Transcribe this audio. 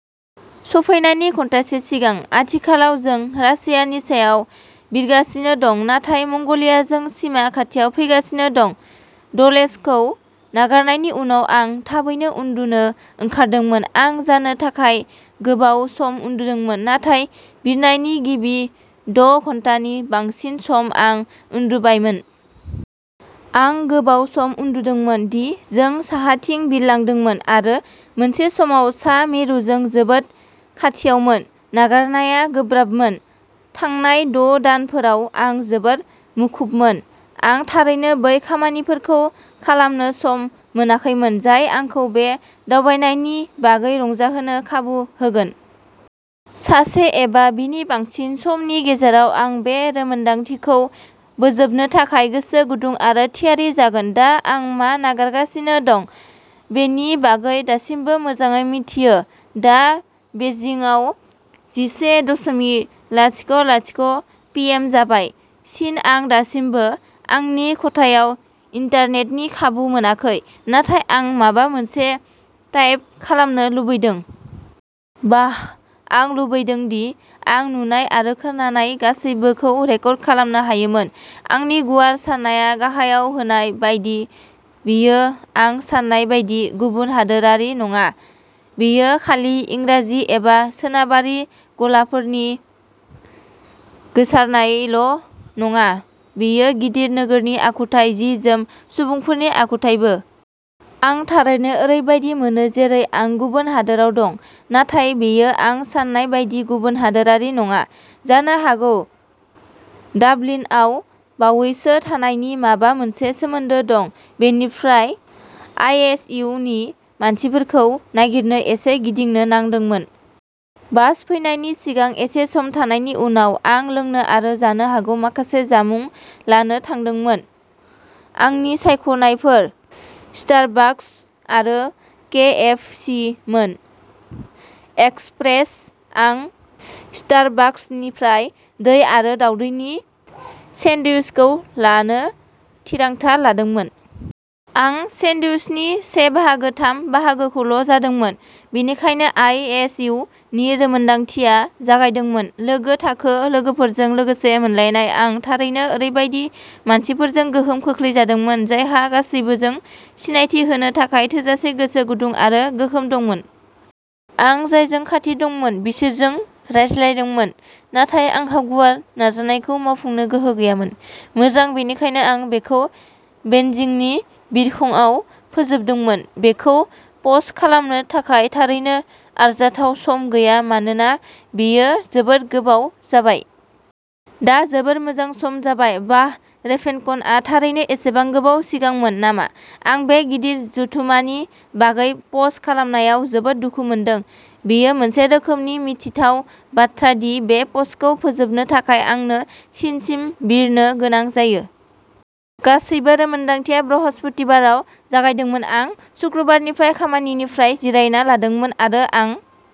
सफैनायनि घन्टासे सिगां। आथिखालाव जों रासियानि सायाव बिरगासिनो दं, नाथाय मंग'लियाजों सिमा खाथियाव फैगासिनो दं। डलेसखौ नागारनायनि उनाव, आं थाबैनो उन्दुनो ओंखारदोंमोन। आं जानो थाखाय गोबाव सम उन्दुदोंमोन, नाथाय बिरनायनि गिबि द' घन्टानि बांसिन सम, आं उन्दुबायमोन। आं गोबाव सम उन्दुदोंमोन दि जों साहाथिं बिरलांदोंमोन, आरो मोनसे समाव सा-मेरुजों जोबोद खाथियावमोन। नागारनाया गोब्राबमोन। थांनाय द'दानफोराव आं जोबोद मुखुबमोन, आं थारैनो बै खामानिफोरखौ खालामनो सम मोनाखैमोन जाय आंखौ बे दावबायनायनि बागै रंजाहोनो खाबु होगोन। सानसे एबा बेनि बांसिन समनि गेजेराव आं बे रोंमोनदांथिखौ बोजबनो थाखाय गोसो गुदुं आरो थियारि जागोन। दा, आं मा नागारगासिनो दं बेनि बागै दासिमबो मोजाङै मिथियो। दा बेइजिंआव जिसे दसमिक लाथिख' लाथिख' फि एम जाबाय। चीन। आं दासिमबो आंनि खथायाव इन्टारनेटनि खाबु मोनाखै, नाथाय आं माबा मोनसे टाइप खालामनो लुबैदों। बाह। आं लुबैदों दि आं नुनाय आरो खोनानाय गासैबोखौ रेकर्ड खालामनो हायोमोन। आंनि गुवार साननाया गाहायाव होनाय बायदि, बेयो आं सान्नाय बायदि गुबुन हादोरारि नङा। बेयो खालि इंराजि एबा सोनाबारि गलाफोरनि गोसारनायल'नङा, बेयो गिदिर नोगोरनि आखुथाय, जि-जोम, सुबुंफोरनि आखुथायबो। आं थारैनो ओरैबादि मोनो जेरै आं गुबुन हादोराव दं, नाथाय बेयो आं सान्नाय बायदि गुबुन हादोरारि नङा। जानो हागौ डाबलिनआव बावैसो थानायनि माबा मोनसे सोमोन्दो दं। बेनिफ्राय, आइ. एस. इउ. नि मानसिफोरखौ नागिरनो एसे गिदिंनो नांदोंमोन। बास फैनायनि सिगां एसे सम थानायनि उनाव, आं लोंनो आरो जानो हागौ माखासे जामुं लानो थांदोंमोन, आंनि सायख'नायफोरा स्टारबाकस आरो के. एफ. सि. मोन। एक्सप्रेस। आं स्टारबाकसनिफ्राय दै आरो दावदैनि सेन्डविचखौ लानो थिरांथा लादोंमोन। आं सेन्डविचनि से बाहागो थाम बाहागोखौल'जादोंमोन। बेनिफ्राय आइ. एस. इउ. नि रोंमोनदांथिया जागायदोंमोन। लोगो थाखो लोगोफोरजों लोगो मोनलायनाय। आं थारैनो ओरैबायदि मानसिफोरजों गोहोम खोख्लैजादोंमोन, जायहा गासिबोजों सिनायथि होनो थाखाय थोजासे गोसो गुदुं आरो गोहो दंमोन। आं जायजों खाथि दंमोन बिसोरजों रायज्लायदोंमोन, नाथाय आंहा गुवार नाजानायखौ मावफुंनो गोहो गैयामोन। मोजां, बेनिखायनो आं बेखौ बेनजिंनि बिरखङाव फोजोबदोंमोन। बेखौ पस्ट खालामनो थाखाय थारैनो आरजाथाव सम गैया मानोना बेयो जोबोद गोबाव जाबाय। दा जोबोद मोजां सम जाबाय। बाह, रेभेनकनआ थारैनो एसेबां गोबाव सिगांमोन नामा? आं बे गिदिर जथुम्मानि बागै पस्ट खालामनायाव जोबोद दुखु मोनदों। बेयो मोनसे रोखोमनि मिनिथाव बाथ्रा दि बे पस्टखौ फोजोबनो थाखाय आंनो चीनसिम बिरनो गोनां जायो। गासै रोंमोनदांथिया बृहस्पतिबाराव जागायदोंमोन। आं शुक्रबारनिफ्राय खामानिनिफ्राय जिरायनाय लादोंमोन, आरो आं